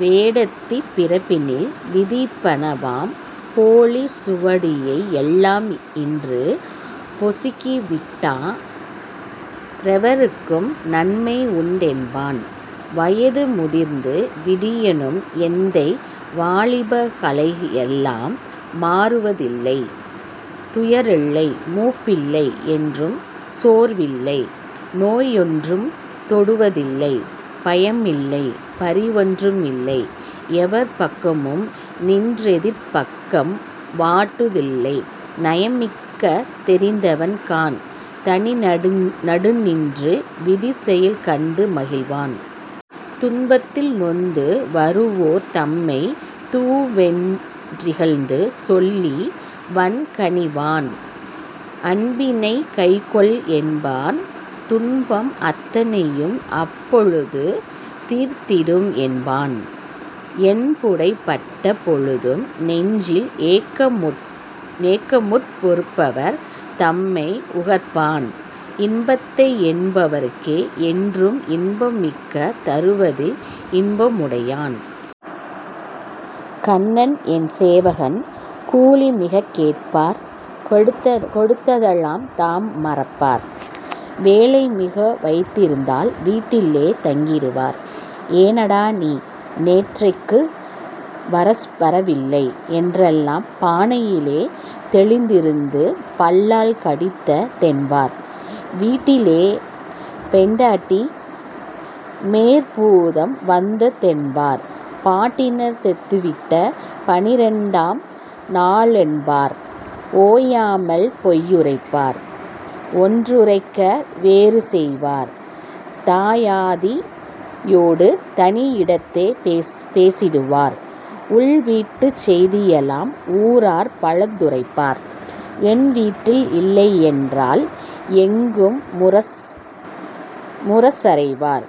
வேடத்திற் பிறப்பினில் விதிப்பன வாம் போலிச் சுவடியை யெல்லாம் இன்று பொசுக்கிவிட்டாலெவர்க்கும் நன்மையுண்டென்பான். வயது முதிர்ந்து விடினும் எந்தை வாலிபக் களையென்றும் மாறுவதில்லை; துயரில்லை; மூப்பு மில்லை, என்றும் சோர்வில்லை; நோயொன்றும் தொடுவ தில்லை; பயமில்லை, பரிவொன்றில்லை, எவர் பக்கமும்நின் றெதிர்ப்பக்கம் வாட்டுவ தில்லை நயமிகத் தெரிந்தவன் காண்; தனி நடுநின்று விதிச்செயல் கண்டு மகிழ்வான். துன்பத்தில் நொந்து வருவோர் தம்மைத் தூவென் றிகழ்ந்து சொல்லி வன்பு கனிவான்; அன்பினைக் கைக்கொள் என்பான்; துன்பம் அத்தனையும் அப்பொழுது தீர்ந்திடும் என்பான்; என்புடை பட்ட பொழுதும் நெஞ்சில் ஏக்கமுறப் பொறுப்பவர் தம்மை உகப்பான்; இன்பத்தை எண்ணு பவர்க்கே என்றும் இன்பமிகத் தருவதில் இன்ப முடையான்... கண்ணன் என் சேவகன் கூலிமிகக் கேட்பார் கொடுத்ததெலாம் தாம் மறப்பார்: வேலைமிக வைத்திருந்தால் வீட்டிலே தங்கிடுவார்; 'ஏனடா, நீ நேற்றைக் கிங்குவர வில்லை' யென்றால் பானையிலே தேளிருந்து பல்லால் கடித்த தென்பார்; வீட்டிலே பெண்டாட்டி மேற்பூதம் வந்ததென்பார்; பாட்டியார் செத்துவிட்ட பன்னிரண்டாம் நாளென்பார்; ஓயாமல் பொய்யுரைப்பார்; ஒன்றுரைக்க வேறுசெய்வார்; தாயாதி யோடு தனியிடத்தே பேசிடுவார்; உள்வீட்டுச் செய்தியெல்லாம் ஊரம் பலத்துரைப்பார்; என்வீட்டில் இல்லையென்றால் எங்கும் முரசறைவார்;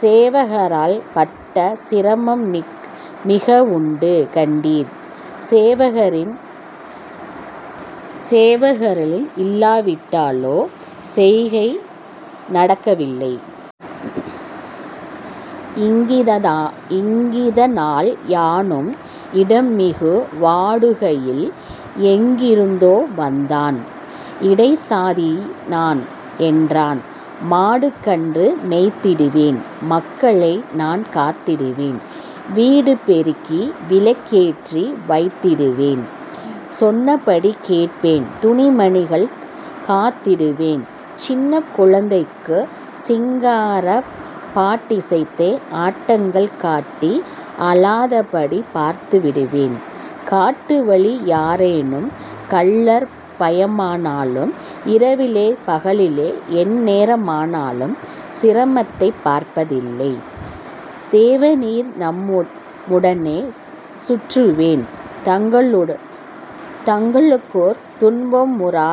சேவகரால் பட்ட சிரமமிக உண்டு கண்டீர்; சேவகரில் லாவிடிலோ, செய்கை நடக்கவில்லை. இங்கிதனால் யானும் இடர்மிகுந்து வாடுகையில்; எங்கிருந்தோ வந்தான், 'இடைச்சாதி நான்' என்றான்; ''மாடுகன்று மேய்த்திடுவேன், மக்களை நான் காத்திடுவேன் வீடு பெருக்கி விளக்கேற்றி வைத்திடுவேன்; சொன்னபடி கேட்பேன்; துணிமணிகள் காத்திடுவேன்; சின்னக் குழந்தைக்குச் சிங்காரப் பாட்டிசைத்தே ஆட்டங்கள் காட்டி அழாதபடி பார்த்திடுவேன்; காட்டுவழி யானாலும், கள்ளர்பய மானாலும்; இரவிற் பகலிலே எந்நேர மானாலும் சிரமத்தைப் பார்ப்பதில்லை, தேவரீர் தம்முடனே சுற்றுவேன் தங்களுக்கோர் துன்பமுறா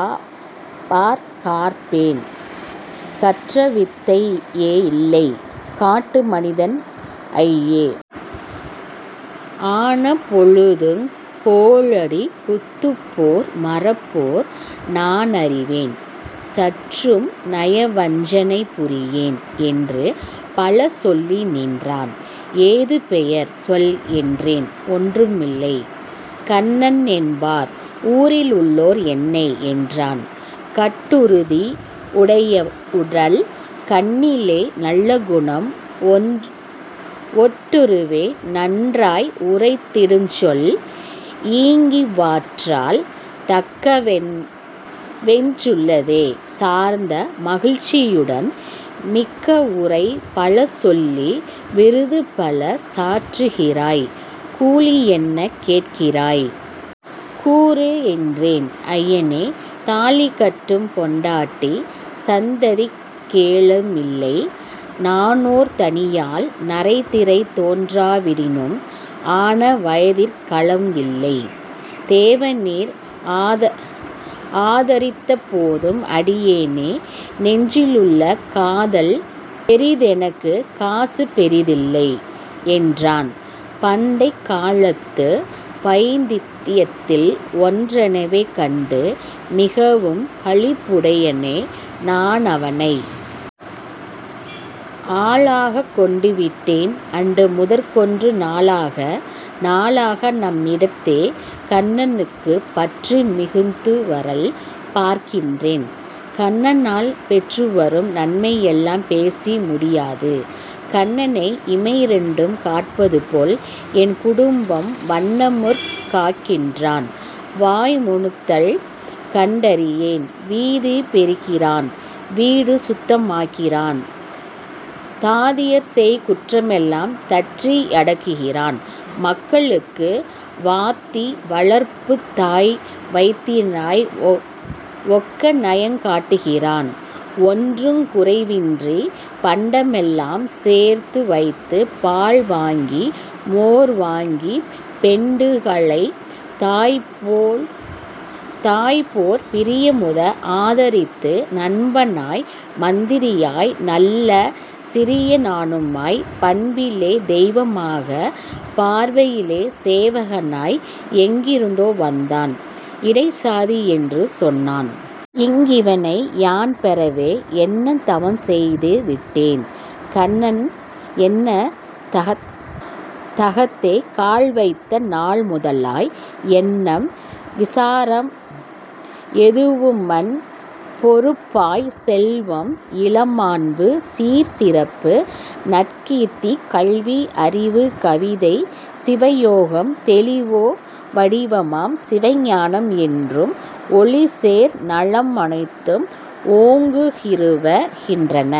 மற்காப்போன்; கற்ற வித்தை யேதுமில்லை; காட்டு மனிதன்; ஐயே! ஆன பொழுதுங் கோலடி குத்துப்போர் மற்போர் நானறிவேன்; சற்றும் நயவஞ் சனைபுரியேன்'' என்றுபல சொல்லி நின்றான் ''ஏது பெயர்? சொல்'' என்றேன் ''ஒன்றுமில்லை; கண்ணனென்பார் ஊரிலுள்ளோர் என்னை'' என்றான். கட்டுறுதி யுள்ளவுடல், கண்ணிலே நல்லகுணம் ஒட்டுறவே நன்றா உரைத்திடுஞ்சொல் -ஈங்கிவற்றால்; தக்கவனென் றுள்ளத்தே சார்ந்த மகிழ்ச்சியுடன், ''மிக்கவுரை பலசொல்லி விருதுபல சாற்றுகிறாய்; கூலியென்ன கேட்கின்றாய்? கூறு'' கென்றேன். ''ஐயனே! தாலிகட்டும் பெண்டாட்டி சந்ததிக ளேதுமில்லை; நானோர் தனியாள்; நரைதிரை தோன்றா விடினும் ஆன வயதிற் களவில்லை; தேவரீர் ஆதரித்தாற் போதும் அடியேனை; நெஞ்சிலுள்ள காதல் பெரிதெனக்குக் காசுபெரி தில்லை'' யென்றான். பண்டைக் காலத்து பயித்தியத்தில் ஒன்றெனவே கண்டு மிகவும் களிப்புடனே நானவனை. ஆளாகக் கொண்டு விட்டேன் அன்று முதற்கொண்டு, நாளாக நாளாக, நம்மிடத்தே கண்ணனுக்குப் பற்று மிகுந்துவரல் பார்க்கின்றேன்; கண்ணனால் பெற்றுவரும் நன்மையெல்லாம் பேசி முடியாது கண்ணை இமையிரண்டும் காப்பதுபோல், என் குடும்பம் வண்ணமுறக் காக்கின்றான் வாய்முணுத்தல் கண்டிறியேன் வீதி பெருக்குகிறான்; வீடு சுத்த மாக்குகிறான்; தாதியர்செய் குற்றமெல்லாம் தட்டி யடக்குகிறான்; மக்களுக்கு வாத்தி, வளர்ப்புத்தாய், வைத்தியனாய் ஒக்கநயங் காட்டுகிறான்; ஒன்றுங் குறைவின்றிப் பண்டமெலாம் சேர்த்துவைத்துப் பால்வாங்கி மோர் வாங்கிப் பெண்டுகளைத் தாய்போற் பிரியமுற ஆதரித்து நண்பனாய், மந்திரியாய், நல்ல சிரியனுமாய், பண்பிலே தெய்வமாய்ப் பார்வையிலே சேவகனாய், எங்கிருந்தோ வந்தான், இடைச்சாதியென்று சொன்னான். இங்கிவனை யான் பெறவே என்னதவஞ் செய்து விட்டேன்! கண்ணன் என தகத்தே கால்வைத்த நாள்முதலாய் எண்ணம் விசாரம் எதுவுமவன் பொறுப்பாய்ச் செல்வம், இளமாண்பு, சீர், சிறப்பு, நற்கீர்த்தி, கல்வி, அறிவு, கவிதை, சிவ யோகம், தெளிவே வடிவாம் சிவஞானம், என்றும் ஒளிசேர் நலமனைத்தும் ஓங்கிவரு கின்றன